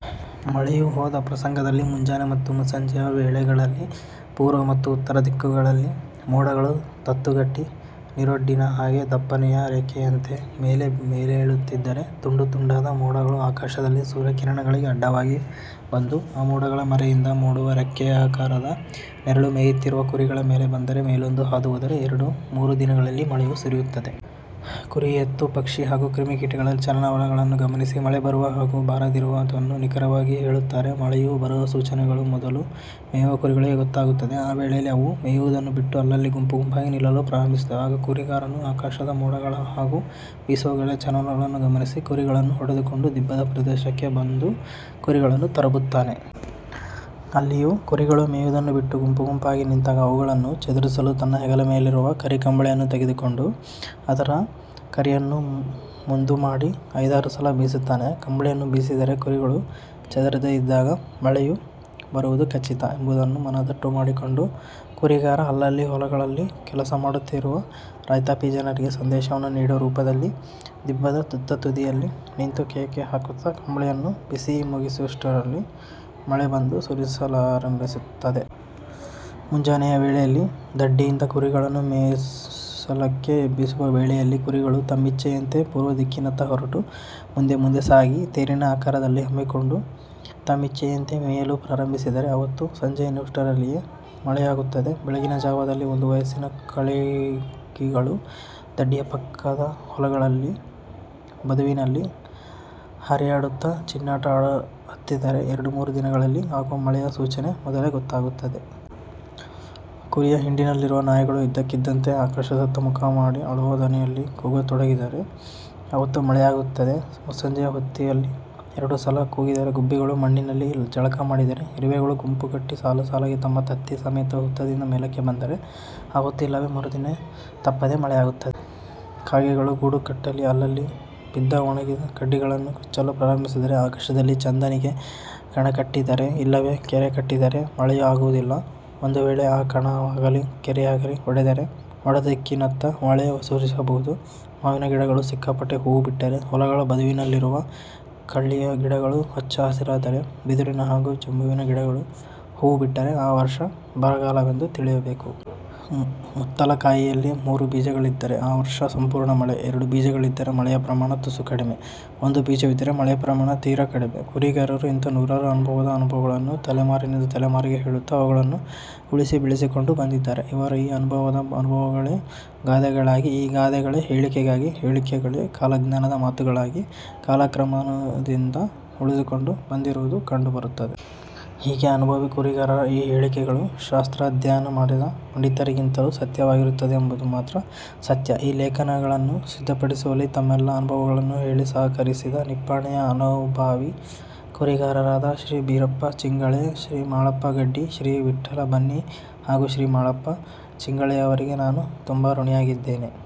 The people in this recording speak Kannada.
ಮಳೆಯು ಹೋದ ಪ್ರಸಂಗದಲ್ಲಿ ಮುಂಜಾನೆ ಮತ್ತು ಮುಸ್ಸಂಜೆಯ ವೇಳೆಗಳಲ್ಲಿ ಪೂರ್ವ ಮತ್ತು ಉತ್ತರ ದಿಕ್ಕುಗಳಲ್ಲಿ ಮೋಡಗಳು ತತ್ತುಗಟ್ಟಿ ನೀರೊಡ್ಡಿನ ಹಾಗೆ; ದಪ್ಪನೆಯ ರೇಖೆಯಂತೆ ಮೇಲೆ ಮೇಲೇಳುತ್ತಿದ್ದರೆ, ತುಂಡುತುಂಡಾದ ಮೋಡಗಳು ಆಕಾಶದಲ್ಲಿ ಸೂರ್ಯ ಕಿರಣಗಳಿಗೆ ಅಡ್ಡವಾಗಿ ಬಂದು; ಆ ಮೋಡಗಳ ಮರೆಯಿಂದ ಮೂಡುವ ರೆಕ್ಕೆಯಾಕಾರದ ನೆರಳು ಮೇಯ್ಯುತ್ತಿರುವ ಕುರಿಗಳ ಮೇಲೆ ಬಂದರೆ ಮೇಲೊಂದು ಹಾದು ಹೋದರೆ ಎರಡು ಮೂರು ದಿನಗಳಲ್ಲಿ ಮಳೆಯು ಸುರಿಯುತ್ತದೆ. ಕುರಿ, ಎತ್ತು, ಪಕ್ಷಿ ಹಾಗೂ ಕ್ರಿಮಿಕೀಟಗಳ ಚಲನವಲನಗಳನ್ನು ಗಮನಿಸಿ ಮಳೆಬರುವ ಹಾಗೂ ಬಾರದಿರುವುದನ್ನು ನಿಖರವಾಗಿ ಹೇಳುತ್ತಾರೆ, ಮಳೆಯು ಬರುವ ಸೂಚನೆಗಳು ಮೊದಲು ಮೇಯುವ ಕುರಿಗಳಿಗೆ ಗೊತ್ತಾಗುತ್ತದೆ. ಆ ವೇಳೆಯಲ್ಲಿ ಅವು ಮೇಯುವುದನ್ನು ಬಿಟ್ಟು ಅಲ್ಲಲ್ಲಿ ಗುಂಪು ಗುಂಪಾಗಿ ನಿಲ್ಲಲು ಪ್ರಾರಂಭಿಸುತ್ತವೆ. ಆಗ ಕುರಿಗಾರನು ಆಕಾಶದ ಮೋಡಗಳ ಹಾಗೂ ಬೀಸುವ ಗಾಳಿಯ ಚಲನವಲನವನ್ನು ಗಮನಿಸಿ, ಕುರಿಗಳನ್ನು ಹೊಡೆದುಕೊಂಡು ದಿಬ್ಬದ ಪ್ರದೇಶಕ್ಕೆ ಬಂದು ಕುರಿಗಳನ್ನು ತರಬುತ್ತಾನೆ. ಅಲ್ಲಿಯೂ ಕುರಿಗಳು ಮೇಯ್ಯುವುದನ್ನು ಬಿಟ್ಟು ಗುಂಪು ಗುಂಪಾಗಿ ನಿಂತಾಗ ಅವುಗಳನ್ನು ಚದುರಿಸಲು ತನ್ನ ಹೆಗಲ ಮೇಲಿರುವ ಕರಿ ಕಂಬಳಿಯನ್ನು ತೆಗೆದುಕೊಂಡು ಅದರ ಕರಿಯನ್ನು ಮುಂದು ಮಾಡಿ ಐದಾರು ಸಲ ಬೀಸುತ್ತಾನೆ. ಕಂಬಳಿಯನ್ನು ಬೀಸಿದರೆ ಕುರಿಗಳು ಚದುರದೇ ಇದ್ದಾಗ ಮಳೆಯು ಬರುವುದು ಖಚಿತ ಎಂಬುದನ್ನು ಮನದಟ್ಟು ಮಾಡಿಕೊಂಡು ಕುರಿಗಾರ ಅಲ್ಲಲ್ಲಿ ಹೊಲಗಳಲ್ಲಿ ಕೆಲಸ ಮಾಡುತ್ತಿರುವ ರೈತಾಪಿ ಜನರಿಗೆ ಸಂದೇಶವನ್ನು ನೀಡುವ ರೂಪದಲ್ಲಿ; ದಿಬ್ಬದ ತುತ್ತತುದಿಯಲ್ಲಿ ನಿಂತು ಕೇಕೆ ಹಾಕುತ್ತ ಕಂಬಳಿಯನ್ನು ಬೀಸಿ ಮುಗಿಸುವಷ್ಟರಲ್ಲಿಯೇ ಮಳೆ ಬಂದು ಸುರಿಯಲಾರಂಭಿಸುತ್ತದೆ. ಮುಂಜಾನೆಯ ವೇಳೆಯಲ್ಲಿ ದಡ್ಡಿಯಿಂದ ಕುರಿಗಳನ್ನು ಮೇಯಿಸಲಿಕ್ಕೆ ಎಬ್ಬಿಸುವ ವೇಳೆಯಲ್ಲಿ ಕುರಿಗಳು ತಮ್ಮಿಚ್ಛೆಯಂತೆ ಪೂರ್ವದಿಕ್ಕಿನತ್ತ ಹೊರಟು ಮುಂದೆ ಮುಂದೆ ಸಾಗಿ ತೇರಿನ ಆಕಾರದಲ್ಲಿ ಹಮ್ಮಿಕೊಂಡು ತಮ್ಮಿಚ್ಛೆಯಂತೆ ಮೇಯಲು ಪ್ರಾರಂಭಿಸಿದರೆ ಆವತ್ತು ಸಂಜೆ ಎನ್ನುವಷ್ಟರಲ್ಲಿಯೇ ಮಳೆಯಾಗುತ್ತದೆ. ಬೆಳಗಿನ ಜಾವದಲ್ಲಿ ಒಂದು ವಯಸ್ಸಿನ ಕಳಗಿಗಳು ದಡ್ಡಿಯ ಪಕ್ಕದ ಹೊಲಗಳ ಬದುವಿನಲ್ಲಿ ಹರ್ಯಾಡುತ್ತ ಚಿನ್ನಾಟ ಆಡಹತ್ತಿದರೆ ಎರಡು ಮೂರು ದಿನಗಳಲ್ಲಿ ಆಗುವ ಮಳೆಯ ಸೂಚನೆ ಮೊದಲೆ ಗೊತ್ತಾಗುತ್ತದೆ. ಕುರಿಯ ಹಿಂಡಿನಲ್ಲಿರುವ ನಾಯಿಗಳು ಇದ್ದಕ್ಕಿದ್ದಂತೆ ಆಕಾಶದತ್ತ ಮುಖಮಾಡಿ ಅಳುವ ಧ್ವನಿಯಲ್ಲಿ ಕೂಗ ತೊಡಗಿದರೆ ಆವತ್ತು ಮಳೆಯಾಗುತ್ತದೆ. ಮುಸ್ಸಂಜೆಯ ಹೊತ್ತಿಯಲ್ಲಿ ಎರಡು ಸಲ ಕೂಗಿದರೆ ಗುಬ್ಬಿಗಳು ಮಣ್ಣಿನಲ್ಲಿ ಜಳಕ ಮಾಡಿದರೆ, ಇರುವೆಗಳು ಗುಂಪುಗಟ್ಟಿ ಸಾಲು ಸಾಲಾಗಿ ತಮ್ಮ ತತ್ತಿ ಸಮೇತ ಹುತ್ತದಿಂದ ಮೇಲಕ್ಕೆ ಬಂದರೆ ಆವತ್ತು ಇಲ್ಲವೆ ಮರುದಿನ ತಪ್ಪದೆ ಮಳೆಯಾಗುತ್ತದೆ. ಕಾಗೆಗಳು ಗೂಡು ಕಟ್ಟಲಿ ಅಲ್ಲಲ್ಲಿ ಬಿದ್ದ ಒಣಗಿದ ಕಡ್ಡಿಗಳನ್ನು ಕಚ್ಚಲು ಪ್ರಾರಂಭಿಸಿದರೆ; ಆಕಾಶದಲ್ಲಿ ಚಂದನಿಗೆ ಕಣ ಕಟ್ಟಿದರೆ ಇಲ್ಲವೆ ಕೆರೆ ಕಟ್ಟಿದರೆ ಮಳೆಯು ಆಗುವುದಿಲ್ಲ. ಒಂದು ವೇಳೆ ಆ ಕಣವಾಗಲಿ, ಕೆರೆಯಾಗಲಿ ಒಡೆದರೆ ಒಡೆದ ದಿಕ್ಕಿನತ್ತ ಮಳೆ ಸುರಿಯಬಹುದು. ಮಾವಿನ ಗಿಡಗಳು ಸಿಕ್ಕಾಪಟ್ಟೆ ಹೂವು ಬಿಟ್ಟರೆ; ಹೊಲಗಳ ಬದುವಿನಲ್ಲಿರುವ ಕಳ್ಳಿಯ ಗಿಡಗಳು ಹಚ್ಚ ಹಸುರಾದರೆ; ಬಿದುರಿನ ಹಾಗೂ ಬಂಬುವಿನ ಗಿಡಗಳು ಹೂವು ಬಿಟ್ಟರೆ ಆ ವರ್ಷ ಬರಗಾಲವೆಂದು ತಿಳಿಯಬೇಕು. ಮುತ್ತಲ ಕಾಯಿಯಲ್ಲಿ ಮೂರು ಬೀಜಗಳಿದ್ದರೆ ಆ ವರ್ಷ ಸಂಪೂರ್ಣ ಮಳೆ; ಎರಡು ಬೀಜಗಳಿದ್ದರೆ ಮಳೆಯ ಪ್ರಮಾಣ ತುಸು ಕಡಿಮೆ; ಒಂದು ಬೀಜವಿದ್ದರೆ ಮಳೆಯ ಪ್ರಮಾಣ ತೀರ ಕಡಿಮೆ. ಕುರಿಗಾರರು ಇಂಥ ನೂರಾರು ಅನುಭಾವದ ಅನುಭವಗಳನ್ನು ತಲೆಮಾರಿನಿಂದ ತಲೆಮಾರಿಗೆ ಹೇಳುತ್ತ ಅವುಗಳನ್ನು ಉಳಿಸಿ ಬೆಳೆಸಿಕೊಂಡು ಬಂದಿದ್ದಾರೆ. ಇವರ ಈ ಅನುಭವದ ಅನುಭವಗಳೇ ಗಾದೆಗಳಾಗಿ, ಈ ಗಾದೆಗಳೆ ಹೇಳಿಕೆಗಳಾಗಿ, ಹೇಳಿಕೆಗಳೇ ಕಾಲಜ್ಞಾನದ ಮಾತುಗಳಾಗಿ ಕಾಲಾನುಕ್ರಮದಿಂದ ಉಳಿದುಕೊಂಡು ಬಂದಿರುವುದು ಕಂಡು ಬರುತ್ತದೆ. ಹೀಗೆ ಅನುಭವಿ ಕುರಿಗಾರರ ಈ ಹೇಳಿಕೆಗಳು ಶಾಸ್ತ್ರಾಧ್ಯಯನ ಮಾಡಿದ ಪಂಡಿತರಿಗಿಂತಲೂ ಸತ್ಯವಾಗಿರುತ್ತದೆ ಎಂಬುದು ಮಾತ್ರ ಸತ್ಯ.ಈ ಲೇಖನವನ್ನು ಸಿದ್ಧಪಡಿಸುವಲ್ಲಿ ತಮ್ಮೆಲ್ಲ ಅನುಭವಗಳನ್ನು ಹೇಳಿ ಸಹಕರಿಸಿದ ನಿಪ್ಪಾಣಿಯ ಅನುಭಾವಿ ಕುರಿಗಾರರಾದ ಶ್ರೀ ಬೀರಪ್ಪ ಚಿಂಗಳೆ, ಶ್ರೀ ಮಾಳಪ್ಪ ಗಡ್ಡಿ, ಶ್ರೀ ವಿಠ್ಠಲ ಬನ್ನಿ ಹಾಗೂ ಶ್ರೀ ಮಾಳಪ್ಪ ಚಿಂಗಳೆಯವರಿಗೆ ನಾನು ತುಂಬಾ ಋಣಿಯಾಗಿದ್ದೇನೆ.